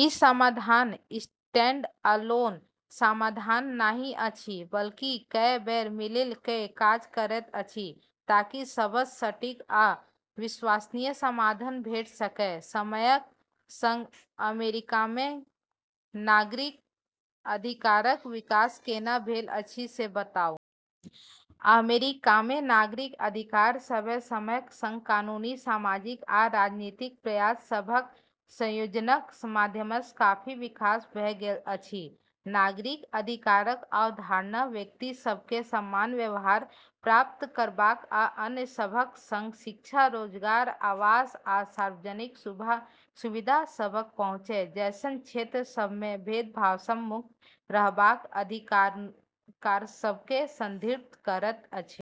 ई समाधान स्टैंडअलोन समाधान नहि अछि बल्कि कए बेर मिलि कऽ काज करैत अछि, ताकि सबसँ सटीक आ विश्वसनीय समाधान भेट सकए। समयक संग अमेरिकामे नागरिक अधिकारक विकास केना भेल अछि से बताउ। अमेरिकामे नागरिक अधिकार सभक समयक सँग कानूनी, सामाजिक आ राजनीतिक प्रयास सभक संयोजनक माध्यमसँ काफी विकास भऽ गेल अछि। नागरिक अधिकारक अवधारणा व्यक्तिसभकेँ समान व्यवहार प्राप्त करबाक आ अन्य सभक संग शिक्षा, रोजगार, आवास, आ सार्वजनिक सुविधा सभक पहुँच जैसन क्षेत्रसभमे भेदभावसँ मुक्त रहबाक अधिकारसभकेँ संदर्भित करैत अछि।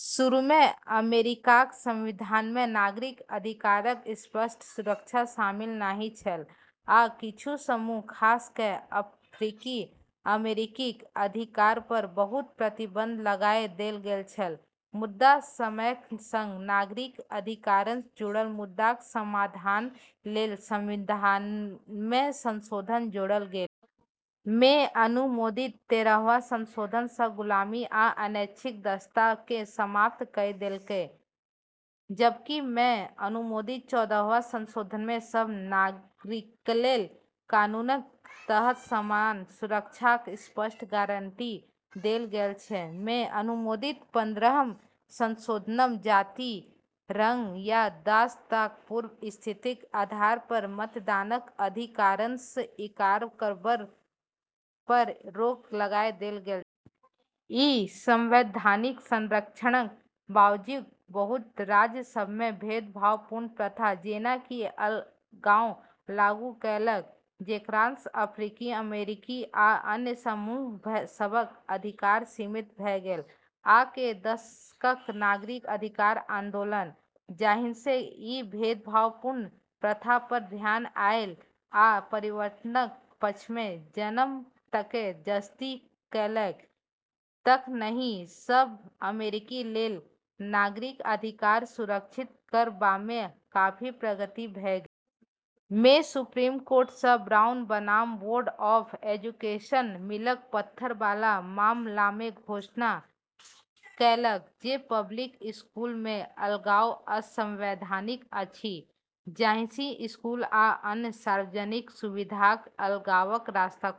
शुरूमे अमेरिकाक संविधानमे नागरिक अधिकारक स्पष्ट सुरक्षा शामिल नहि छल, आ किछु समूह खास कऽ अफ्रीकी अमेरिकीक अधिकारपर बहुत प्रतिबंध लगाए देल गेल छल। मुदा समयक सँग नागरिक अधिकारसँ जुड़ल मुद्दाक समाधानलेल संविधानमे संशोधन जोड़ल गेलै। मे अनुमोदित तेरहवाँ संशोधन सँ गुलामी आ अनैच्छिक दासताकेँ समाप्त कइ देलक, जबकि मे अनुमोदित चौदहवाँ संशोधनमे सब नागरिकलेल कानूनक तहत समान सुरक्षाक स्पष्ट गारंटी देल गेल छल। मे अनुमोदित पन्द्रहम संशोधनमे जाति, रंग या दासताक पूर्व स्थितिक आधारपर मतदानक अधिकारसँ इंकार करबपर रोक लगाए देल गेल छल। ई संवैधानिक संरक्षणक बावजूद, बहुत राज्यसभमे भेदभावपूर्ण प्रथा, जेना कि अलगाव, लागू कएलक, जेकरासँ अफ्रीकी अमेरिकी आ अन्य समूहसभक अधिकार सीमित भऽ गेल। आ क दशकक नागरिक अधिकार आंदोलन, जाहिसँ ई भेदभावपूर्ण प्रथापर ध्यान आएल आ परिवर्तनक पक्षमे जनमतकेँ जस्ती कएलक, तखनहि सब अमेरिकी लेल नागरिक अधिकार सुरक्षित करबामे काफी प्रगति भऽ गेल। मे सुप्रीम कोर्ट सँ ब्राउन बनाम बोर्ड ऑफ एजुकेशनक मीलक पत्थरबाला मामलामे घोषणा कएलक जे पब्लिक स्कूलमे अलगाव असंवैधानिक अछि, जाहिसँ स्कूल आ अन्य सार्वजनिक सुविधाक अलगावक रास्ता खुजल।